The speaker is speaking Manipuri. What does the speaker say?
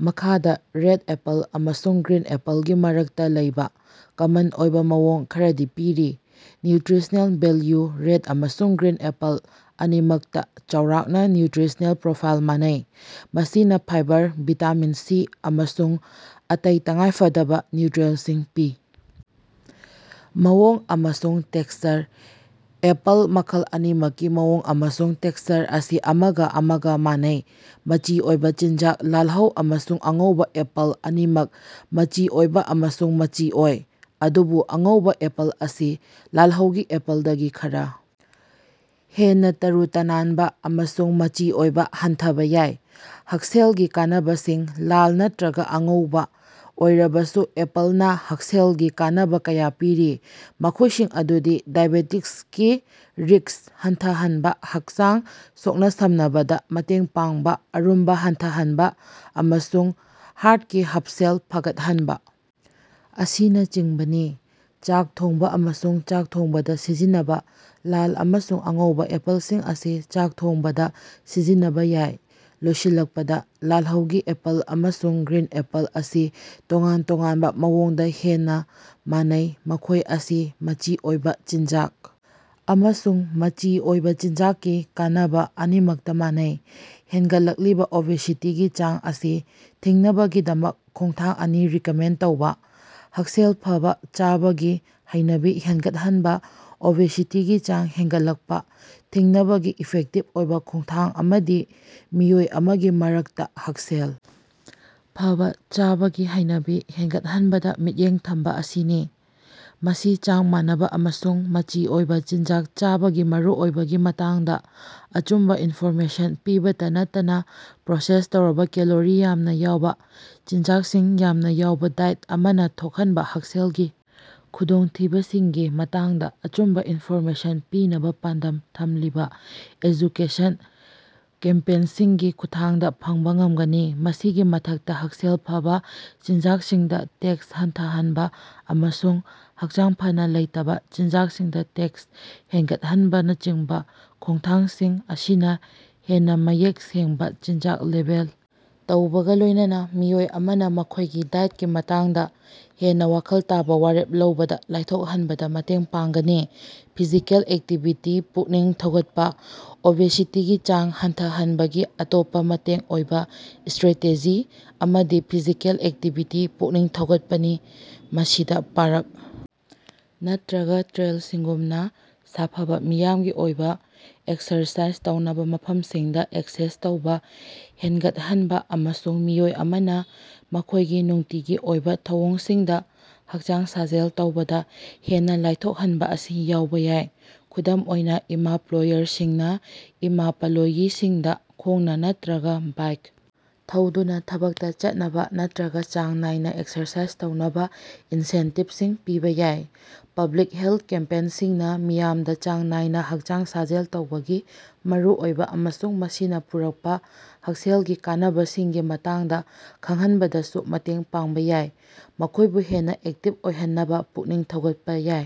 ꯃꯈꯥꯗ ꯔꯦꯠ ꯑꯦꯄꯜ ꯑꯃꯁꯨꯡ ꯒ꯭ꯔꯤꯟ ꯑꯦꯄꯜꯒꯤ ꯃꯔꯛꯇꯥ ꯂꯩꯕ ꯀꯃꯟ ꯑꯣꯏꯕ ꯃꯑꯣꯡ ꯈꯔꯗꯤ ꯄꯤꯔꯤ: ꯅ꯭ꯌꯨꯇ꯭ꯔꯤꯁꯅꯦꯜ ꯚꯦꯜꯌꯨ: ꯔꯦꯠ ꯑꯃꯁꯨꯡ ꯒ꯭ꯔꯤꯟ ꯑꯦꯄꯜ ꯑꯅꯤꯃꯛꯇꯥ ꯆꯥꯎꯔꯥꯛꯅꯥ ꯅ꯭ꯌꯨꯇ꯭ꯔꯤꯁꯅꯦꯜ ꯄ꯭ꯔꯣꯐꯥꯏꯜ ꯃꯥꯟꯅꯩ, ꯃꯁꯤꯅꯥ ꯐꯥꯏꯕꯔ, ꯚꯤꯇꯥꯃꯤꯟ ꯁꯤ, ꯑꯃꯁꯨꯡ ꯑꯇꯩ ꯇꯉꯥꯏꯐꯗꯕꯥ ꯅ꯭ꯌꯨꯇ꯭ꯔꯤꯑꯦꯟꯁꯤꯡ ꯄꯤ꯫ ꯃꯑꯣꯡ ꯑꯃꯁꯨꯡ ꯇꯦꯛꯁꯆꯔ: ꯑꯦꯄꯜ ꯃꯈꯜ ꯑꯅꯤꯃꯛꯀꯤ ꯃꯑꯣꯡ ꯑꯃꯁꯨꯡ ꯇꯦꯛꯁꯆꯔ ꯑꯁꯤ ꯑꯃꯒꯥ ꯑꯃꯒꯥ ꯃꯥꯟꯅꯩ, ꯃꯆꯤ ꯑꯣꯏꯕꯥ ꯆꯤꯟꯖꯥꯛ: ꯂꯥꯜꯍꯧ ꯑꯃꯁꯨꯡ ꯑꯉꯧꯕꯥ ꯑꯦꯄꯜ ꯑꯅꯤꯃꯛ ꯃꯆꯤ ꯑꯣꯏꯕ ꯑꯃꯁꯨꯡ ꯃꯆꯤ ꯑꯣꯏ, ꯑꯗꯨꯕꯨ, ꯑꯉꯧꯕꯥ ꯑꯦꯄꯜ ꯑꯁꯤ ꯂꯥꯜꯍꯧꯒꯤ ꯑꯦꯄꯜꯗꯒꯤ ꯈꯔ ꯍꯦꯟꯅꯥ ꯇꯔꯨ-ꯇꯅꯥꯟꯕꯥ ꯑꯃꯁꯨꯡ ꯃꯆꯤ ꯑꯣꯏꯕ ꯍꯟꯊꯕꯥ ꯌꯥꯏ꯫ ꯍꯛꯁꯦꯜꯒꯤ ꯀꯥꯟꯅꯕꯁꯤꯡ: ꯂꯥꯜ ꯅꯠꯇ꯭ꯔꯒꯥ ꯑꯉꯧꯕꯥ ꯑꯣꯏꯔꯕꯁꯨ ꯑꯦꯄꯜꯅꯥ ꯍꯛꯁꯦꯜꯒꯤ ꯀꯥꯟꯅꯕ ꯀꯌꯥ ꯄꯤꯔꯤ, ꯃꯈꯣꯏꯁꯤꯡ ꯑꯗꯨꯗꯤ ꯗꯥꯏꯕꯦꯇꯤꯁꯀꯤ ꯔꯤꯁ꯭ꯛ ꯍꯟꯊꯍꯟꯕꯥ, ꯍꯛꯆꯥꯡ ꯁꯣꯛꯅ-ꯁꯝꯅꯕꯗꯥ ꯃꯇꯦꯡ ꯄꯥꯡꯕ, ꯑꯔꯨꯝꯕꯥ ꯍꯟꯊꯍꯟꯕꯥ, ꯑꯃꯁꯨꯡ ꯍꯥꯔꯠꯀꯤ ꯍꯚꯁꯦꯜ ꯐꯒꯠꯍꯟꯕꯥ ꯑꯁꯤꯅꯆꯤꯡꯕꯅꯤ꯫ ꯆꯥꯛ ꯊꯣꯡꯕꯥ ꯑꯃꯁꯨꯡ ꯆꯥꯛ ꯊꯣꯡꯕꯗꯥ ꯁꯤꯖꯤꯟꯅꯕꯥ: ꯂꯥꯜ ꯑꯃꯁꯨꯡ ꯑꯉꯧꯕꯥ ꯑꯦꯄꯜꯁꯤꯡ ꯑꯁꯤ ꯆꯥꯛ ꯊꯣꯡꯕꯗꯥ ꯁꯤꯖꯤꯟꯅꯕꯥ ꯌꯥꯏ꯫ ꯂꯣꯏꯁꯤꯜꯂꯛꯄꯗꯥ, ꯂꯥꯜꯍꯧꯒꯤ ꯑꯦꯄꯜ ꯑꯃꯁꯨꯡ ꯒ꯭ꯔꯤꯟ ꯑꯦꯄꯜ ꯑꯁꯤ ꯇꯣꯉꯥꯟ ꯇꯣꯉꯥꯟꯕ ꯃꯑꯣꯡꯗꯥ ꯍꯦꯟꯅꯥ ꯃꯥꯟꯅꯩ, ꯃꯈꯣꯏ ꯑꯁꯤ ꯃꯆꯤ ꯑꯣꯏꯕ ꯆꯤꯟꯖꯥꯛ ꯑꯃꯁꯨꯡ ꯃꯆꯤ ꯑꯣꯏꯕ ꯆꯤꯟꯖꯥꯛꯀꯤ ꯀꯥꯟꯅꯕ ꯑꯅꯤꯃꯛꯇꯥ ꯃꯥꯟꯅꯩ꯫ ꯍꯦꯟꯒꯠꯂꯛꯂꯤꯕꯥ ꯑꯣꯕꯦꯁꯤꯇꯤꯒꯤ ꯆꯥꯡ ꯑꯁꯤ ꯊꯤꯡꯅꯕꯒꯤꯗꯃꯛ ꯈꯣꯡꯊꯥꯡ ꯑꯅꯤ ꯔꯤꯀꯃꯦꯟ ꯇꯧꯕ꯫ ꯍꯛꯁꯦꯜ ꯐꯕꯥ ꯆꯥꯕꯒꯤ ꯍꯩꯅꯕꯤ ꯍꯦꯟꯒꯠꯍꯟꯕꯥ: ꯑꯣꯕꯦꯁꯤꯇꯤꯒꯤ ꯆꯥꯡ ꯍꯦꯟꯒꯠꯂꯛꯄꯥ ꯊꯤꯡꯅꯕꯒꯤ ꯏꯐꯦꯛꯇꯤꯚ ꯑꯣꯏꯕ ꯈꯣꯡꯊꯥꯡ ꯑꯃꯗꯤ ꯃꯤꯑꯣꯏ ꯑꯃꯒꯤ ꯃꯔꯛꯇꯥ ꯍꯛꯁꯦꯜ ꯐꯕꯥ ꯆꯥꯕꯒꯤ ꯍꯩꯅꯕꯤ ꯍꯦꯟꯒꯠꯍꯟꯕꯗꯥ ꯃꯤꯠꯌꯦꯡ ꯊꯝꯕꯥ ꯑꯁꯤꯅꯤ꯫ ꯃꯁꯤ ꯆꯥꯡ ꯃꯥꯟꯅꯕ ꯑꯃꯁꯨꯡ ꯃꯆꯤ ꯑꯣꯏꯕ ꯆꯤꯟꯖꯥꯛ ꯆꯥꯕꯒꯤ ꯃꯔꯨꯑꯣꯏꯕꯒꯤ ꯃꯇꯥꯡꯗ ꯑꯆꯨꯝꯕ ꯏꯟꯐꯣꯔꯃꯦꯁꯟ ꯄꯤꯕꯇꯥ ꯅꯠꯇꯅꯥ ꯄ꯭ꯔꯣꯁꯦꯁ ꯇꯧꯔꯕ, ꯀꯦꯂꯣꯔꯤ ꯌꯥꯝꯅ ꯌꯥꯎꯕ ꯆꯤꯟꯖꯥꯛꯁꯤꯡ ꯌꯥꯝꯅ ꯌꯥꯎꯕꯥ ꯗꯥꯏꯠ ꯑꯃꯅꯥ ꯊꯣꯛꯍꯟꯕꯥ ꯍꯛꯁꯦꯜꯒꯤ ꯈꯨꯗꯣꯡꯊꯤꯕꯁꯤꯡꯒꯤ ꯃꯇꯥꯡꯗ ꯑꯆꯨꯝꯕ ꯏꯟꯐꯣꯔꯃꯦꯁꯟ ꯄꯤꯅꯕꯥ ꯄꯥꯟꯗꯝ ꯊꯝꯂꯤꯕꯥ ꯑꯦꯖꯨꯀꯦꯁꯟ ꯀꯦꯝꯄꯦꯟꯁꯤꯡꯒꯤ ꯈꯨꯠꯊꯥꯡꯗ ꯐꯪꯕ ꯉꯝꯒꯅꯤ꯫ ꯃꯁꯤꯒꯤ ꯃꯊꯛꯇꯥ, ꯍꯛꯁꯦꯜ ꯐꯕꯥ ꯆꯤꯟꯖꯥꯛꯁꯤꯡꯗꯥ ꯇꯦꯛꯁ ꯍꯟꯊꯍꯟꯕꯥ ꯑꯃꯁꯨꯡ ꯍꯛꯆꯥꯡ ꯐꯅꯥ ꯂꯩꯇꯕ ꯆꯤꯟꯖꯥꯛꯁꯤꯡꯗꯥ ꯇꯦꯛꯁ ꯍꯦꯟꯒꯠꯍꯟꯕꯅꯆꯤꯡꯕꯥ ꯈꯣꯡꯊꯥꯡꯁꯤꯡ ꯑꯁꯤꯅꯥ ꯍꯦꯟꯅꯥ ꯃꯌꯦꯛ ꯁꯦꯡꯕꯥ ꯆꯤꯟꯖꯥꯛ ꯂꯦꯕꯦꯜ ꯇꯧꯕꯒꯥ ꯂꯣꯏꯅꯅꯥ ꯃꯤꯑꯣꯏ ꯑꯃꯅꯥ ꯃꯈꯣꯏꯒꯤ ꯗꯥꯏꯠꯀꯤ ꯃꯇꯥꯡꯗ ꯍꯦꯟꯅꯥ ꯋꯥꯈꯜ ꯇꯥꯕ ꯋꯥꯔꯦꯞ ꯂꯧꯕꯗ ꯂꯥꯏꯊꯣꯛꯍꯠꯕꯗꯥ ꯃꯇꯦꯡ ꯄꯥꯡꯒꯅꯤ꯫ ꯐꯤꯖꯤꯀꯦꯜ ꯑꯦꯛꯇꯤꯚꯤꯇꯤ ꯄꯨꯛꯅꯤꯡ ꯊꯧꯒꯠꯄꯥ: ꯑꯣꯕꯦꯁꯤꯇꯤꯒꯤ ꯆꯥꯡ ꯍꯟꯊꯍꯟꯅꯕꯒꯤ ꯑꯇꯣꯞꯄꯥ ꯃꯇꯦꯡ ꯑꯣꯏꯕ ꯁꯇ꯭ꯔꯦꯇꯦꯖꯤ ꯑꯃꯗꯤ ꯐꯤꯖꯤꯀꯦꯜ ꯑꯦꯛꯇꯤꯚꯤꯇꯤ ꯄꯨꯛꯅꯤꯡ ꯊꯧꯒꯠꯄꯅꯤ꯫ ꯃꯁꯤꯗ ꯄꯥꯔꯛ ꯅꯠꯇ꯭ꯔꯒꯥ ꯇ꯭ꯔꯦꯜꯁꯤꯡꯒꯨꯝꯕꯥ ꯁꯥꯐꯕ, ꯃꯤꯌꯥꯝꯒꯤ ꯑꯣꯏꯕ ꯑꯦꯛꯁꯔꯁꯥꯏꯖ ꯇꯧꯅꯕ ꯃꯐꯝꯁꯤꯡꯗꯥ ꯑꯦꯛꯁꯦꯁ ꯇꯧꯕ ꯍꯦꯟꯒꯠꯍꯟꯕꯥ ꯑꯃꯁꯨꯡ ꯃꯤꯑꯣꯏ ꯑꯃꯅ ꯃꯈꯣꯏꯒꯤ ꯅꯨꯡꯇꯤꯒꯤ ꯑꯣꯏꯕ ꯊꯧꯑꯣꯡꯁꯤꯡꯗꯥ ꯍꯛꯆꯥꯡ ꯁꯥꯖꯦꯜ ꯇꯧꯕꯗꯥ ꯍꯦꯟꯅꯥ ꯂꯥꯏꯊꯣꯛꯍꯟꯕꯥ ꯑꯁꯤ ꯌꯥꯎꯕ ꯌꯥꯏ꯫ ꯈꯨꯗꯝ ꯑꯣꯏꯅ, ꯏꯃꯄ꯭ꯂꯣꯌꯔꯁꯤꯡꯅꯥ ꯏꯃꯄꯂꯣꯌꯤꯁꯤꯡꯗꯥ ꯈꯣꯡꯅꯥ ꯅꯠꯇ꯭ꯔꯒꯥ ꯕꯥꯏꯛ ꯊꯧꯗꯨꯅꯥ ꯊꯕꯛꯇꯥ ꯆꯠꯅꯕ ꯅꯠꯇ꯭ꯔꯒꯥ ꯆꯥꯡ ꯅꯥꯏꯅꯥ ꯑꯦꯛꯁꯔꯁꯥꯏꯖ ꯇꯧꯅꯕꯥ ꯏꯟꯁꯦꯟꯇꯤꯚꯁꯤꯡ ꯄꯤꯕꯥ ꯌꯥꯏ꯫ ꯄꯕ꯭ꯂꯤꯛ ꯍꯦꯜꯠ ꯀꯦꯝꯄꯦꯟꯁꯤꯡꯅꯥ ꯃꯤꯌꯥꯝꯗ ꯆꯥꯡ ꯅꯥꯏꯅ ꯍꯛꯆꯥꯡ ꯁꯥꯖꯦꯜ ꯇꯧꯕꯒꯤ ꯃꯔꯨꯑꯣꯏꯕ ꯑꯃꯁꯨꯡ ꯃꯁꯤꯅꯥ ꯄꯨꯔꯛꯄꯥ ꯍꯛꯁꯦꯜꯒꯤ ꯀꯥꯟꯅꯕꯁꯤꯡꯒꯤ ꯃꯇꯥꯡꯗ ꯈꯪꯍꯟꯕꯗꯁꯨ ꯃꯇꯦꯡ ꯄꯥꯡꯕ ꯌꯥꯏ, ꯃꯈꯣꯏꯕꯨ ꯍꯦꯟꯅꯥ ꯑꯦꯛꯇꯤꯚ ꯑꯣꯏꯍꯟꯅꯕꯥ ꯄꯨꯛꯅꯤꯡ ꯊꯧꯒꯠꯄꯥ ꯌꯥꯏ꯫